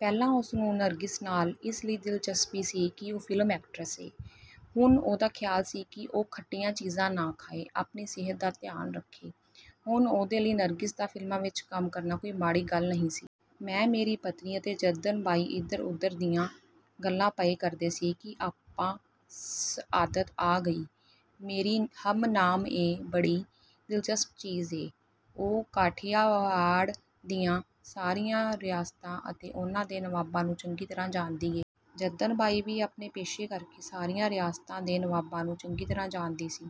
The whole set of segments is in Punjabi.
ਪਹਿਲਾਂ ਉਸ ਨੂੰ ਨਰਗਿਸ ਨਾਲ ਇਸ ਲਈ ਦਿਲਚਸਪੀ ਸੀ ਕਿ ਉਹ ਫਿਲਮ ਐਕਟਰਸ ਏ। ਹੁਣ ਉਹਦਾ ਖ਼ਿਆਲ ਸੀ ਕਿ ਉਹ ਖੱਟੀਆਂ ਚੀਜ਼ਾਂ ਨਾ ਖਾਏ। ਆਪਣੀ ਸਿਹਤ ਦਾ ਧਿਆਨ ਰੱਖੇ। ਹੁਣ ਉਹਦੇ ਲਈ ਨਰਗਿਸ ਦਾ ਫਿਲਮਾਂ ਵਿੱਚ ਕੰਮ ਕਰਨਾ ਕੋਈ ਮਾੜੀ ਗੱਲ ਨਹੀਂ ਸੀ। ਮੈਂ, ਮੇਰੀ ਪਤਨੀ ਅਤੇ ਜੱਦਨ ਬਾਈ ਇਧਰ ਉਧਰ ਦੀਆਂ ਗੱਲਾਂ ਪਏ ਕਰਦੇ ਸੀ ਕਿ ਆਪਾ ਸਆਦਤ ਆ ਗਈ। ਮੇਰੀ ਹਮ-ਨਾਮ ਏ, ਬੜੀ ਦਿਲਚਸਪ ਚੀਜ਼ ਏ। ਉਹ ਕਾਠੀਆਵਾੜ ਦੀਆਂ ਸਾਰੀਆਂ ਰਿਆਸਤਾਂ ਅਤੇ ਉਨ੍ਹਾਂ ਦੇ ਨਵਾਬਾਂ ਨੂੰ ਚੰਗੀ ਤਰ੍ਹਾਂ ਜਾਣਦੀ ਏ। ਜੱਦਨ ਬਾਈ ਵੀ ਆਪਣੇ ਪੇਸ਼ੇ ਕਰਕੇ ਸਾਰੀਆਂ ਰਿਆਸਤਾਂ ਦੇ ਨਵਾਬਾਂ ਨੂੰ ਚੰਗੀ ਤਰ੍ਹਾਂ ਜਾਣਦੀ ਸੀ।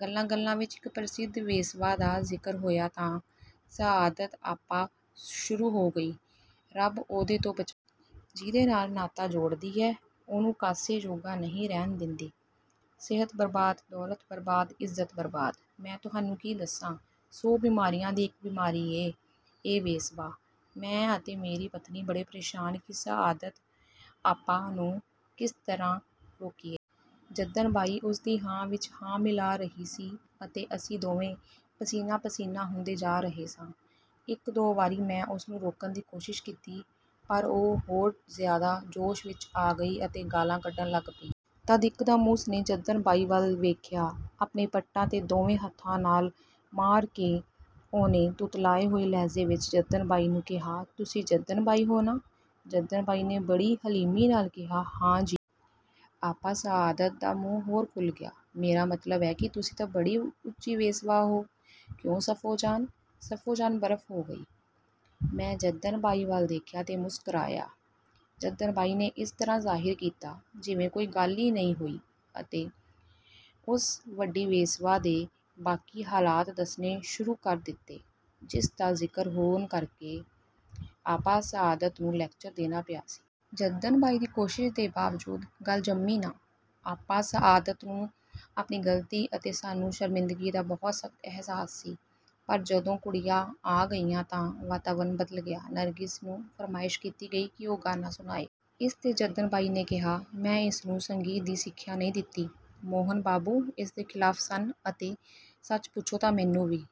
ਗੱਲਾਂ ਗੱਲਾਂ ਵਿੱਚ ਇਕ ਪ੍ਰਸਿੱਧ ਵੇਸਵਾ ਦਾ ਜ਼ਿਕਰ ਹੋਇਆ ਤਾਂ ਸਆਦਤ ਆਪਾ ਸ਼ੁਰੂ ਹੋ ਗਈ, "ਰੱਬ ਉਹਦੇ ਤੋਂ ਬਚਾਏ। ਜਿਹਦੇ ਨਾਲ ਨਾਤਾ ਜੋੜਦੀ ਏ, ਉਹਨੂੰ ਕਾਸੇ ਜੋਗਾ ਨਹੀਂ ਰਹਿਣ ਦਿੰਦੀ। ਸਿਹਤ ਬਰਬਾਦ, ਦੌਲਤ ਬਰਬਾਦ, ਇੱਜ਼ਤ ਬਰਬਾਦ। ਮੈਂ ਤੁਹਾਨੂੰ ਕੀ ਦੱਸਾਂ? ਸੌ ਬਿਮਾਰੀਆਂ ਦੀ ਇਕ ਬਿਮਾਰੀ ਏ, ਇਹ ਵੇਸਵਾ।" ਮੈਂ ਅਤੇ ਮੇਰੀ ਪਤਨੀ ਬੜੇ ਪ੍ਰੇਸ਼ਾਨ ਕਿ ਸਆਦਤ ਆਪਾ ਨੂੰ ਕਿਸ ਤਰ੍ਹਾਂ ਰੋਕੀਏ। ਜੱਦਨ ਬਾਈ ਉਸ ਦੀ ਹਾਂ ਵਿੱਚ ਹਾਂ ਮਿਲਾ ਰਹੀ ਸੀ ਅਤੇ ਅਸੀਂ ਦੋਵੇਂ ਪਸੀਨਾ ਪਸੀਨਾ ਹੁੰਦੇ ਜਾ ਰਹੇ ਸਾਂ। ਇਕ ਦੋ ਵਾਰੀ ਮੈਂ ਉਸ ਨੂੰ ਰੋਕਣ ਦੀ ਕੋਸ਼ਿਸ਼ ਕੀਤੀ, ਪਰ ਉਹ ਹੋਰ ਜ਼ਿਆਦਾ ਜੋਸ਼ ਵਿੱਚ ਆ ਗਈ ਅਤੇ ਗਾਲ੍ਹਾਂ ਕੱਢਣ ਲੱਗ ਪਈ। ਤਦ ਇਕਦਮ ਉਸ ਨੇ ਜੱਦਨ ਬਾਈ ਵੱਲ ਵੇਖਿਆ। ਆਪਣੇ ਪੱਟਾਂ ਤੇ ਦੋਵੇਂ ਹਥਾਂ ਨਾਲ ਮਾਰ ਕੇ ਉਹਨੇ ਤੁਤਲਾਏ ਹੋਏ ਲਹਿਜ਼ੇ ਵਿੱਚ ਜੱਦਨ ਬਾਈ ਨੂੰ ਕਿਹਾ, "ਤੁਸੀਂ ਜੱਦਨ ਬਾਈ ਹੋ ਨਾ?" ਜੱਦਨ ਬਾਈ ਨੇ ਬੜੀ ਹਲੀਮੀ ਨਾਲ ਕਿਹਾ, "ਹਾਂ ਜੀ।" ਆਪਾ ਸਆਦਤ ਦਾ ਮੂੰਹ ਹੋਰ ਖੁੱਲ੍ਹ ਗਿਆ, "ਮੇਰਾ ਮਤਲਬ ਏ ਕਿ ਤੁਸੀਂ ਤਾਂ ਬੜੀ ਉੱਚੀ ਵੇਸਵਾ ਹੋ। ਕਿਉਂ ਸਫ਼ੋ ਜਾਨ?" ਸਫੋ ਜਾਨ ਬਰਫ਼ ਹੋ ਗਈ। ਮੈਂ ਜੱਦਨ ਬਾਈ ਵੱਲ ਵੇਖਿਆ ਤੇ ਮੁਸਕ੍ਰਾਇਆ। ਜੱਦਨ ਬਾਈ ਨੇ ਇਸ ਤਰ੍ਹਾਂ ਜ਼ਾਹਿਰ ਕੀਤਾ ਜਿਵੇਂ ਕੋਈ ਗੱਲ ਈ ਨਹੀਂ ਹੋਈ ਅਤੇ ਉਸ ਵੱਡੀ ਵੇਸਵਾ ਦੇ ਬਾਕੀ ਹਾਲਾਤ ਦੱਸਣੇ ਸ਼ੁਰੂ ਕਰ ਦਿੱਤੇ, ਜਿਸ ਦਾ ਜ਼ਿਕਰ ਹੋਣ ਕਰਕੇ ਆਪਾ ਸਆਦਤ ਨੂੰ ਲੈਕਚਰ ਦੇਣਾ ਪਿਆ ਸੀ। ਜੱਦਨ ਬਾਈ ਦੀ ਕੋਸ਼ਿਸ਼ ਦੇ ਬਾਵਜੂਦ ਗੱਲ ਜੰਮੀ ਨਾ। ਆਪਾ ਸਆਦਤ ਨੂੰ ਆਪਣੀ ਗਲਤੀ ਅਤੇ ਸਾਨੂੰ ਸ਼ਰਮਿੰਦਗੀ ਦਾ ਬਹੁਤ ਸਖ਼ਤ ਅਹਿਸਾਸ ਸੀ, ਪਰ ਜਦੋਂ ਕੁੜੀਆਂ ਆ ਗਈਆਂ ਤਾਂ ਵਾਤਾਵਰਣ ਬਦਲ ਗਿਆ। ਨਰਗਿਸ ਨੂੰ ਫਰਮਾਇਸ਼ ਕੀਤੀ ਗਈ ਕਿ ਉਹ ਗਾਣਾ ਸੁਣਾਏ। ਇਸ ਤੇ ਜੱਦਨ ਬਾਈ ਨੇ ਕਿਹਾ, ਮੈਂ ਇਸ ਨੂੰ ਸੰਗੀਤ ਦੀ ਸਿੱਖਿਆ ਨਹੀਂ ਦਿੱਤੀ। ਮੋਹਨ ਬਾਬੂ ਇਸ ਦੇ ਖਿਲਾਫ ਸਨ ਅਤੇ ਸੱਚ ਪੁੱਛੋ ਤਾਂ ਮੈਨੂੰ ਵੀ